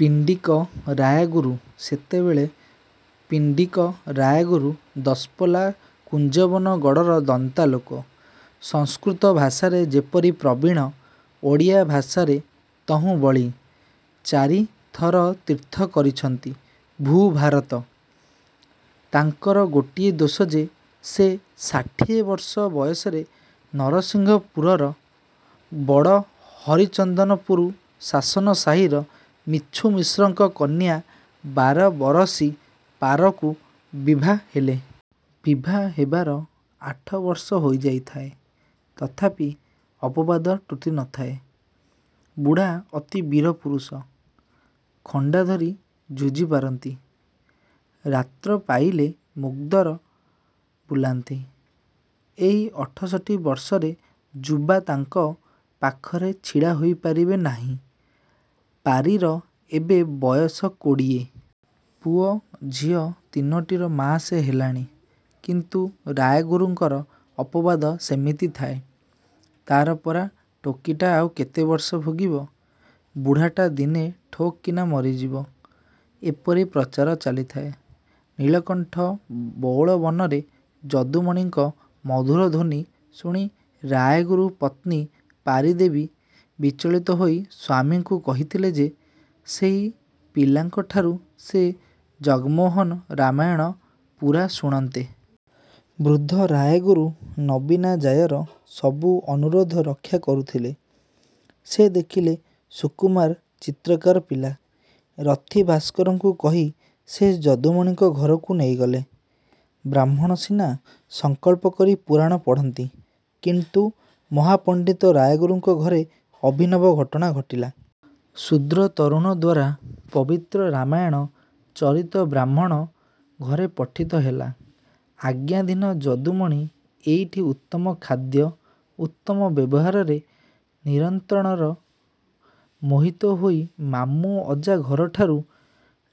ପିଣ୍ଡିକ ରାୟଗୁରୁ ସେତେବେଳେ ପିଣ୍ଡିକ ରାୟଗୁରୁ ଦଶପଲ୍ଲା କୁଞ୍ଜବନ ଗଡ଼ରେ ଦନ୍ତା ଲୋକ। ସଂସ୍କୃତ ଭାଷାରେ ଯେପରି ପ୍ରବୀଣ' ଓଡ଼ିଆ ଭାଷାରେ ତହୁଁ ବଳି। ଚାରି ଥର ତୀର୍ଥ କରିଛନ୍ତି— ଭୂ−ଭାରତ-। ତାଙ୍କର ଗୋଟିଏ ଦୋଷ ଯେ ସେ ଷାଠିଏ ବର୍ଷ ବୟସରେ ନରସିଂହପୁର ବଡ଼ ହରିଚନ୍ଦପୁର ଶାସନ ସାହିର ମିଛୁ ମିଶ୍ରଙ୍କ କନ୍ୟା ବାର−ବରଷୀ ପାରିକୁ ବିଭା ହେଲେ। ବିଭା ହେବାର ଆଠ ବର୍ଷ ହୋଇଯାଇଥାଏ। ତଥାପି ଅପବାଦ ତୁଟି ନଥାଏ। ବୁଢ଼ା ଅତି ବୀର ପୁରୁଷ। ଖଣ୍ଡା ଧରି ଯୁଝି ପାରନ୍ତି। ରାତ୍ର ପାଇଲେ ମୁଦ୍ଗର ବୁଲାନ୍ତି। ଏଇ ଅଠଷଠୀ ବର୍ଷରେ ଯୁବା ତାଙ୍କ ପାଖରେ ଛିଡ଼ା ହୋଇପାରିବେ ନାହିଁ। ପାରିର ଏବେ ବୟସ କୋଡ଼ିଏ। ପୁଅ ଝିଅ ତିନୋଟିର ମାଆ ସେ ହେଲାଣି-। କିନ୍ତୁ ରାୟଗୁରୁଙ୍କର ଅପବାଦ ସେମିତି ଥାଏ। ତାର ପରା ଟୋକୀଟା ଆଉ କେତେବର୍ଷ ଭୋଗିବ-? ବୁଢ଼ାଟା ଦିନେ ଠୋକିନା ମରିଯିବ। ଏପରି ପ୍ରଚାର ଚାଲିଥାଏ। ନୀଳକଣ୍ଠ ବଉଳବନରେ ଯଦୁମଣିଙ୍କ ମଧୁର ଧ୍ୱନୀ ଶୁଣି ରାୟଗୁରୁ ପତ୍ନୀ ପାରି ଦେବୀ ବିଚଳିତ ହୋଇ ସ୍ୱାମୀଙ୍କୁ କହିଥିଲେ ଯେ ସେଇ ପିଲାଠାରୁ ସେ ଜଗନ୍ମୋହନ ରାମାୟଣ ପୂରା ଶୁଣନ୍ତେ। ବୃଦ୍ଧ ରାୟଗୁରୁ ନବୀନା ଜାୟାର ସବୁ ଅନୁରୋଧ ରକ୍ଷା କରୁଥିଲେ। ସେ ଦେଖିଲେ ସୁକୁମାର ଚିତ୍ରକାର ପିଲା। ରଥୀ ଭାସ୍କରଙ୍କୁ କହି ସେହି ଯଦୁମଣିଙ୍କୁ ଘରକୁ ନେଇଗଲେ। ବ୍ରାହ୍ମଣ ସିନା ସଂକଳ୍ପ କରି ପୁରାଣ ପଢ଼ନ୍ତି। କିନ୍ତୁ ମହାପଣ୍ଡିତ ରାୟଗୁରୁଙ୍କ ଘରେ ଅଭିନବ ଘଟଣା ଘଟିଲା। ଶୁଦ୍ର ତରୁଣଦ୍ୱାରା ପବିତ୍ର ରାମାୟଣ ଚରିତ ବ୍ରାହ୍ମଣ ଘରେ ପଠିତ ହେଲା। ଆଜ୍ଞାଧୀନ ଯଦୁମଣି ଏଇଠି ଉତ୍ତମ ଖାଦ୍ୟ, ଉତ୍ତମ ବ୍ୟବହାରରେ ନିରନ୍ତର ମୋହିତ ହୋଇ ମାମୁଁ ଅଜା ଘରଠାରୁ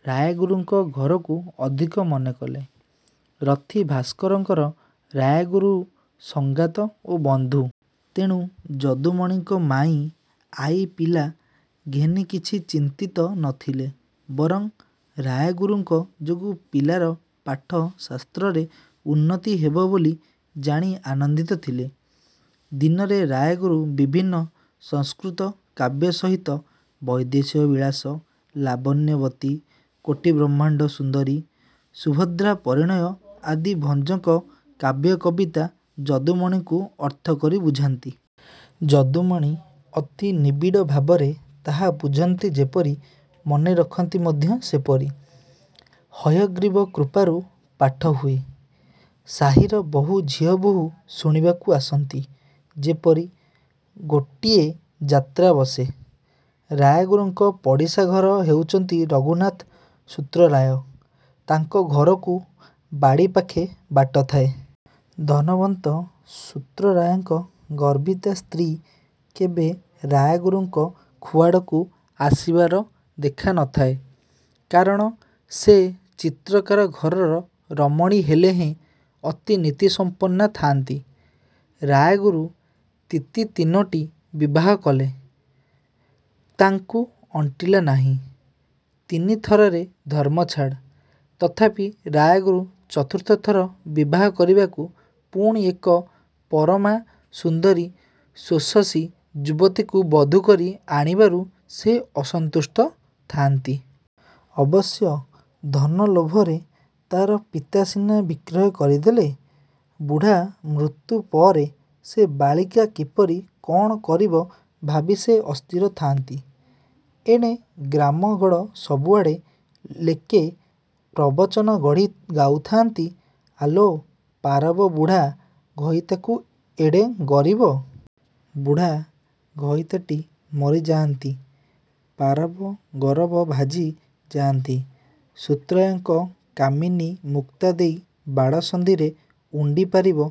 ରାୟଗୁରୁଙ୍କ ଘରକୁ ଅଧିକ ମନେ କଲେ। ରଥୀ ଭାସ୍କରଙ୍କର ରାୟଗୁରୁ ସଙ୍ଗାତ ଓ ବନ୍ଧୁ। ତେଣୁ ଯଦୁମଣିଙ୍କ ମାଇଁ ଆଈ ପିଲା ଘେନି କିଛି ଚିନ୍ତିତ ନ ଥିଲେ। ବରଂ ରାୟଗୁରୁଙ୍କ ଯୋଗୁଁ ପିଲାର ପାଠ ଶାସ୍ତ୍ରରେ ଉନ୍ନତି ହେବ ବୋଲି ଜାଣି ଆନନ୍ଦିତ ଥିଲେ। ଦିନରେ ରାୟଗୁରୁ ବିଭିନ୍ନ ସଂସ୍କୃତ କାବ୍ୟ ସହିତ ବୈଦେହୀଶ ବିଳାସ, ଲାବଣ୍ୟବତୀ, କୋଟିବ୍ରହ୍ମାଣ୍ଡ ସୁନ୍ଦରୀ, ସୁଭଦ୍ରା ପରିଣୟ ଆଦି ଭଞ୍ଜଙ୍କ କାବ୍ୟକବିତା ଯଦୁମଣିଙ୍କୁ ଅର୍ଥକରି ବୁଝାନ୍ତି-। ଯଦୁମଣି ଅତି ନିବିଡ଼ ଭାବରେ ତାହା ବୁଝନ୍ତି ଯେପରି, ମନେ ରଖନ୍ତି ମଧ୍ୟ ସେହିପରି। ହୟଗ୍ରୀବ କୃପାରୁ ପାଠ ହୁଏ। ସାହିର ବହୁ ଝିଅବୋହୂ ଶୁଣିବାକୁ ଆସନ୍ତି। ଯେପରି। ଗୋଟିଏ ଯାତ୍ରା ବସେ। ରାୟଗୁରୁଙ୍କ ପଡ଼ିଶା ଘର ହେଉଛନ୍ତି ରଘୁନାଥ ସୂତ୍ରରାୟ। ତାଙ୍କ ଘରକୁ ବାଡ଼ି ପାଖେ ବାଟ ଥାଏ। ଧନବନ୍ତ ସୂତ୍ରରାୟଙ୍କ ଗର୍ବିତା ସ୍ତ୍ରୀ କେବେ ରାୟଗୁରୁଙ୍କ ଖୁଆଡ଼କୁ ଆସିବାର ଦେଖା ନ ଥାଏ। କାରଣ ସେ ଚିତ୍ରକାର ଘରର ରମଣୀ ହେଲେହେଁ ଅତି ନୀତିସଂପନ୍ନା ଥାଆନ୍ତି। ରାୟଗୁରୁ ତିତି ତିନୋଟି ବିବାହ କଲେ, ତାଙ୍କୁ ଅଣ୍ଟିଲା ନାହିଁ। ତିନି ଥରରେ ଧର୍ମ ଛାଡ଼। ତଥାପି ରାୟଗୁରୁ ଚତୁର୍ଥ ଥର ବିବାହ କରିବାକୁ ପୁଣି ଏକ ପରମା ସୁନ୍ଦରୀ ଷୋଷଶୀ ଯୁବତୀକୁ ବଧୂ କରି ଆଣିବାରୁ ସେ ଅସନ୍ତୁଷ୍ଟ ଥାନ୍ତି। ଅବଶ୍ୟ ଧନ ଲୋଭରେ ତାର ପିତା ସିନା ବିକ୍ରୟ କରିଦେଲେ। ବୁଢ଼ା ମୃତ୍ୟୁ ପରେ ସେ ବାଳିକା କିପରି କ'ଣ କରିବ ଭାବି ସେ ଅସ୍ଥିର ଥାନ୍ତି। ଏଣେ ଗ୍ରାମ, ଗଡ଼ ସବୁଆଡ଼େ ଲେକେ ପ୍ରବଚନ ଗଢ଼ି ଗାଉଥାନ୍ତି— ଆଲୋ ପାରବ ବୁଢ଼ା ଘଇତାକୁ ଏଡ଼େ ଗରବ! ବୁଢ଼ା ଘଇତାଟି ମରି ଯାଆନ୍ତି। ପାରବ ଗରବ ଭାଜି ଯାଆନ୍ତ। ସୂତ୍ରରାୟଙ୍କ କାମିନୀ ମୁକ୍ତା ଦେଇ ବାଡ଼ ସନ୍ଧିରେ ଉଣ୍ଡି ପାରିବ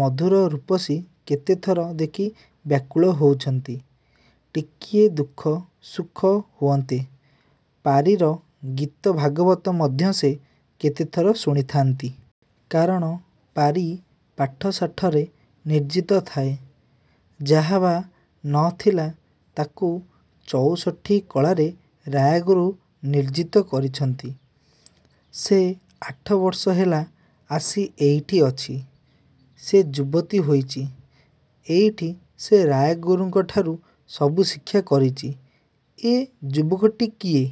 ମଧୁର ରୂପଶ୍ରୀ କେତେ ଥର ଦେଖି ବ୍ୟାକୁଳ ହୋଇଛନ୍ତି—ଟିକିଏ ଦୁଃଖ ସୁଖ ହୁଅନ୍ତେ। ପାରିର ଗୀତ ଭାଗବତ ମଧ୍ୟ ସେ କେତେଥର ଶୁଣିଥାନ୍ତି। କାରଣ ପାରି ପାଠଶାଠରେ ନିର୍ଜିତ ଥାଏ। ଯାହାବା ନ ଥିଲା ତାକୁ ଚଉଷଠୀ କଳାରେ ରାୟଗୁରୁ ନିର୍ଜିତ କରିଛନ୍ତି। ସେ ଆଠ ବର୍ଷ ହେଲା ଆସି ଏଇଠି ଅଛି। ସେ ଯୁବତୀ ହୋଇଛି। ଏଇଠି ସେ ରାୟଗୁରୁଙ୍କଠାରୁ ସବୁ ଶିକ୍ଷା କରିଛି। ଏ ଯୁବକଟି କିଏ?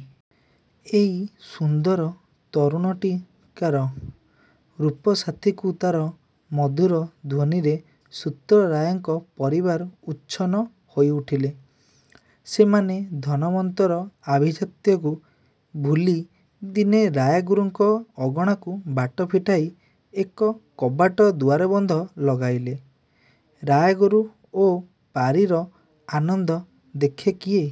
ଏଇ ସୁନ୍ଦର ତରୁଣଟି କା'ର? ରୂପ ସାଥିକୁ ତାର ମଧୁର ଧ୍ୱନୀରେ ସୂତ୍ରରାୟଙ୍କ ପରିବାର ଉଚ୍ଛନ୍ନ ହୋଇଉଠିଲେ। ସେମାନେ ଧନବନ୍ତର ଆଭିଜାତ୍ୟକୁ ଭୁଲି ଦିନେ ରାୟଗୁରୁଙ୍କ ଅଗଣାକୁ ବାଟ ଫିଟାଇ ଏକ କବାଟ ଦୁଆରବନ୍ଧ ଲଗାଇଲେ। ରାୟଗୁରୁ ଓ ପାରିର ଆନନ୍ଦ ଦେଖେ କିଏ?